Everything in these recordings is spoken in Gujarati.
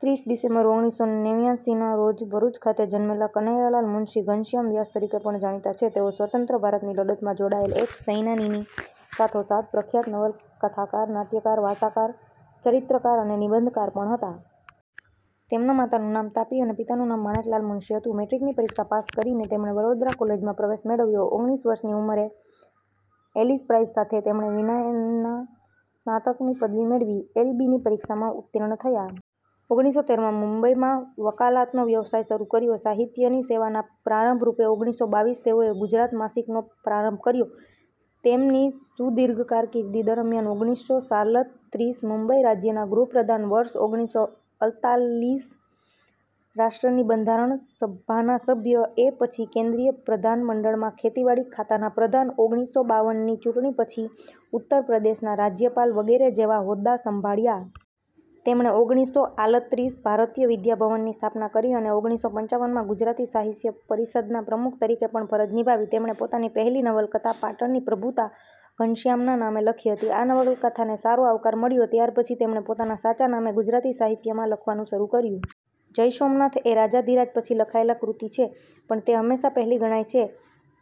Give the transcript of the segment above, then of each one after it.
ત્રીસ ડિસેમ્બર, ઓગણીસો નેવ્નાયાસી રોજ ભરૂચ ખાતે જન્મેલા કનૈયાલાલ મુનશી 'ઘનશ્યામ વ્યાસ' તરીકે પણ જાણીતા છે. તેઓ સ્વતંત્ર ભારતની લડતમાં જોડાયેલા એક સૈનાનીની સાથોસાથ પ્રખ્યાત નવલકથાકાર, નાટ્યકાર, વાર્તાકાર, ચરિત્રકાર અને નિબંધકાર પણ હતા. તેમના માતાનું નામ તાપી અને પિતાનું નામ માણેકલાલ મુનશી હતું. મૅટ્રિકની પરીક્ષા પાસ કરીને તેમણે વડોદરા કૉલેજમાં પ્રવેશ મેળવ્યો. ઓગણીસ વર્ષની ઉંમરે 'એલિસ પ્રાઈઝ' સાથે તેમણે વિનયનના સ્નાતકની પદવી મેળવી. એલ. બી. ની પરીક્ષામાં ઉત્તિર્ણ થયા. ઓગણીસો તેર માં મુંબઈમાં વકાલાતનો વ્યવસાય શરૂ કર્યો. સાહિત્યની સેવાના પ્રારંભ રૂપે ઓગણીસો બાવ્વીસ તેઓએ 'ગુજરાત' માસિકનો પ્રારંભ કર્યો. તેમની સુદીર્ઘ કારકિર્દી દરમિયાન ઓગણીસો સાલત્રીસ મુંબઈ રાજ્યના ગૃહપ્રધાન, વર્ષ ઓગણીસો અલતાલીસ રાષ્ટ્રની બંધારણ સભાના સભ્ય, એ પછી કેન્દ્રીય પ્રધાનમંડળમાં ખેતીવાડી ખાતાના પ્રધાન, ઓગણીસો બાવન ની ચૂંટણી પછી ઉત્તરપ્રદેશના રાજ્યપાલ વગેરે જેવા હોદ્દા સંભાળ્યા. તેમણે ઓગણીસો આલત્રીસ ભારતીય વિદ્યા ભવનની સ્થાપના કરી અને, ઓગણીસો પંચાવન માં ગુજરાતી સાહિત્ય પરિષદના પ્રમુખ તરીકે પણ ફરજ નિભાવી. તેમણે પોતાની પહેલી નવલકથા 'પાટણની પ્રભુતા' ઘનશ્યામના નામે લખી હતી. આ નવલકથાને સારો આવકાર મળ્યો ત્યાર પછી તેમણે પોતાના સાચા નામે ગુજરાતી સાહિત્યમાં લખવાનુ શરૂ કર્યું. 'જય સોમનાથ' એ 'રાજાધિરાજ' પછી લખાયેલ કૃતિ છે, પણ તે હંમેશા પહેલી ગણાય છે.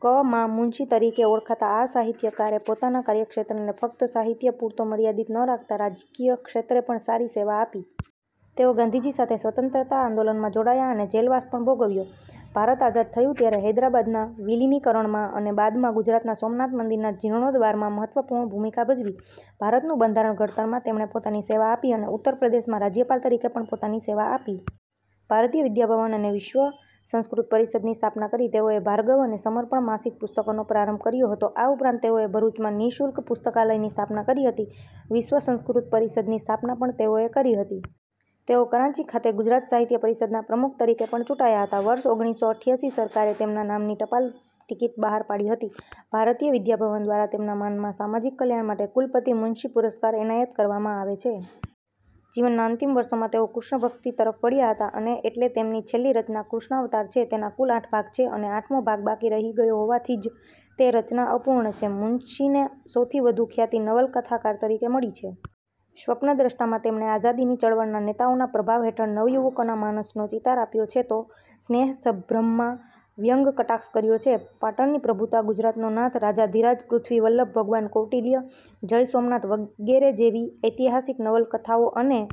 ક. મા. મુનશી તરીકે ઓળખાતા આ સાહિત્યકારે પોતાના કાર્યક્ષેત્રને ફક્ત સાહિત્ય પૂરતો મર્યાદિત ન રાખતાં રાજકીય ક્ષેત્રે પણ સારી સેવા આપી. તેઓ ગાંધીજી સાથે સ્વતંત્રતા આંદોલનમાં જોડાયા અને જેલવાસ પણ ભોગવ્યો. ભારત આઝાદ થયું ત્યારે હૈદ્રાબાદના વિલિનીકરણમાં અને બાદમાં ગુજરાતના સોમનાથ મંદિરના જિર્ણોદ્ધારમાં મહત્વપૂર્ણ ભૂમિકા ભજવી. ભારતનું બંધારણ ઘડતરમાં તેમણે પોતાની સેવા આપી અને ઉત્તરપ્રદેશમાં રાજ્યપાલ તરીકે પણ પોતાની સેવા આપી. ભારતીય વિદ્યાભવન અને વિશ્વ સંસ્કૃત પરિષદની સ્થાપના કરી. તેઓએ ભાર્ગવ અને સમર્પણ માસિક પુસ્તકોનો પ્રારંભ કર્યો હતો. આ ઉપરાંત તેઓએ ભરૂચમાં નિ:શુલ્ક પુસ્તકાલયની સ્થાપના કરી હતી. વિશ્વ સંસ્કૃત પરિષદની સ્થાપના પણ તેઓએ કરી હતી. તેઓ કરાંચી ખાતે ગુજરાત સાહિત્ય પરિષદના પ્રમુખ તરીકે પણ ચૂંટાયા હતા. વર્ષ ઓગણીસો અઠ્યાસી સરકારે તેમના નામની ટપાલ ટિકીટ બહાર પાડી હતી. ભારતીય વિદ્યાભવન દ્વારા તેમના માનમાં સામાજિક કલ્યાણ માટે 'કુલપતિ મુનશી પુરસ્કાર' એનાયત કરવામાં આવે છે. જીવનના અંતિમ વર્ષોમાં તેઓ કૃષ્ણભક્તિ તરફ વળ્યા હતા અને એટલે તેમની છેલ્લી રચના 'કૃષ્ણાવતાર' છે, તેના કુલ આઠ ભાગ છે અને આઠમો ભાગ બાકી રહી ગયો હોવાથી જ તે રચના અપૂર્ણ છે. મુનશીને સૌથી વધુ ખ્યાતિ નવલકથાકાર તરીકે મળી છે. 'સ્વપ્નદૃષ્ટા'માં તેમણે આઝાદીની ચળવળના નેતાઓના પ્રભાવ હેઠળ નવયુવકોના માનસનો ચિતાર અપાયો છે તો 'સ્નેહસંભ્રમ'માં વ્યંગકટાક્ષ કર્યો છે. 'પાટણની પ્રભુતા', 'ગુજરાતનો નાથ', 'રાજાધિરાજ', 'પૃથિવીવલ્લભ', 'ભગવાન કૌટિલ્ય', 'જય સોમનાથ', વગેરે જેવી ઐતિહાસિક નવલકથાઓ અને